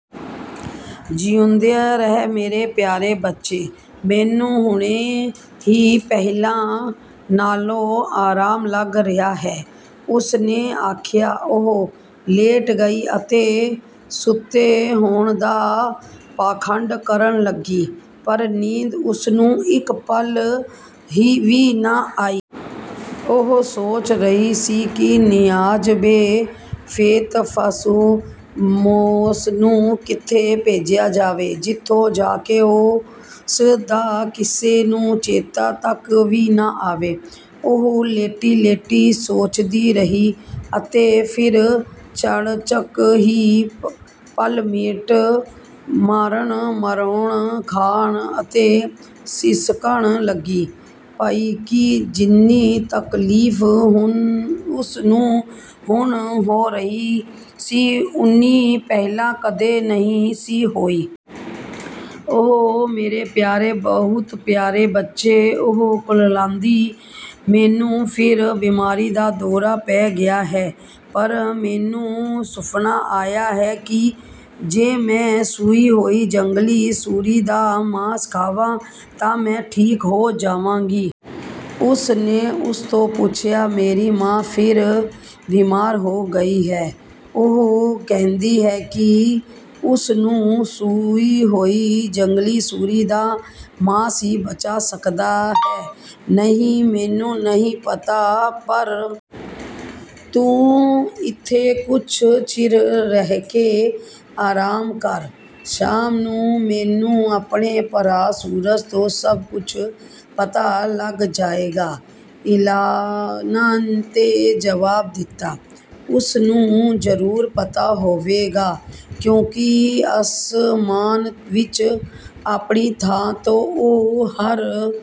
"ਜਿਊਂਦਾ ਰਹੇਂ ਮੇਰੇ ਪਿਆਰੇ ਬੱਚੇ, ਮੈਨੂੰ ਹੁਣੇ ਹੀ ਪਹਿਲਾਂ ਨਾਲੋਂ ਆਰਾਮ ਲੱਗ ਰਿਹਾ ਹੈ," ਉਸ ਨੇ ਆਖਿਆ। ਉਹ ਲੇਟ ਗਈ ਅਤੇ ਸੁੱਤੇ ਹੋਣ ਦਾ ਪਾਖੰਡ ਕਰਨ ਲੱਗੀ, ਪਰ ਨੀਂਦ ਉਸ ਨੂੰ ਇੱਕ ਪਲ ਵੀ ਨਾ ਆਈ। ਉਹ ਸੋਚ ਰਹੀ ਸੀ ਕਿ ਨਿਆਜ਼-ਬੋ ਫ਼ੇਤ-ਫ਼ਰੂਮੋਸ ਨੂੰ ਕਿੱਥੇ ਭੇਜਿਆ ਜਾਵੇ, ਜਿੱਥੋਂ ਜਾ ਕੇ ਉਸ ਦਾ ਕਿਸੇ ਨੂੰ ਚੇਤਾ ਤੱਕ ਵੀ ਨਾ ਆਵੇ। ਉਹ ਲੇਟੀ-ਲੇਟੀ ਸੋਚਦੀ ਰਹੀ ਅਤੇ ਫਿਰ ਚਾਣਚੱਕ ਹੀ ਪਲਸੇਟੇ ਮਾਰਨ, ਮਰੋੜੇ ਖਾਣ ਅਤੇ ਸਿਸਕਣ ਲੱਗ ਪਈ ਕਿ ਜਿੰਨੀ ਤਕਲੀਫ਼ ਉਸ ਨੂੰ ਹੁਣ ਹੋ ਰਹੀ ਸੀ, ਉੱਨੀ ਪਹਿਲਾਂ ਕਦੇ ਨਹੀਂ ਸੀ ਹੋਈ। "ਓ ਮੇਰੇ ਪਿਆਰੇ, ਬਹੁਤ ਪਿਆਰੇ ਬੱਚੇ!" ਉਹ ਕੁਰਲਾਂਦੀ, "ਮੈਨੂੰ ਫਿਰ ਬੀਮਾਰੀ ਦਾ ਦੌਰਾ ਪੈ ਗਿਆ ਹੈ, ਪਰ ਮੈਨੂੰ ਸੁਫ਼ਨਾ ਆਇਆ ਹੈ ਕਿ ਜੇ ਮੈਂ ਸੂਈ ਹੋਈ ਜੰਗਲੀ ਸੂਰੀ ਦਾ ਮਾਸ ਖਾਵਾਂ ਤਾਂ ਮੈਂ ਠੀਕ ਹੋ ਜਾਵਾਂਗੀ।" ਉਸ ਨੇ ਉਸ ਤੋਂ ਪੁੱਛਿਆ, "ਮੇਰੀ ਮਾਂ ਫਿਰ ਬੀਮਾਰ ਹੋ ਗਈ ਹੈ। ਉਹ ਕਹਿੰਦੀ ਹੈ ਕਿ ਉਸ ਨੂੰ ਸੂਈ ਹੋਈ ਜੰਗਲੀ ਸੂਰੀ ਦਾ ਮਾਸ ਹੀ ਬਚਾ ਸਕਦਾ ਹੈ।" "ਨਹੀਂ, ਮੈਨੂੰ ਨਹੀਂ ਪਤਾ। ਪਰ ਤੂੰ ਇੱਥੇ ਕੁਝ ਚਿਰ ਠਹਿਰ ਕੇ ਆਰਾਮ ਕਰ, ਸ਼ਾਮ ਨੂੰ ਮੈਨੂੰ ਆਪਣੇ ਭਰਾ ਸੂਰਜ ਤੋਂ ਸਭ ਕੁਝ ਪਤਾ ਲੱਗ ਜਾਵੇਗਾ," ਇਲਾਨਾ ਨੇ ਜਵਾਬ ਦਿੱਤਾ, "ਉਸ ਨੂੰ ਜ਼ਰੂਰ ਪਤਾ ਹੋਵੇਗਾ, ਕਿਉਂਕਿ ਅਸਮਾਨ ਵਿੱਚ ਆਪਣੀ ਥਾਂ ਤੋਂ ਉਹ ਹਰ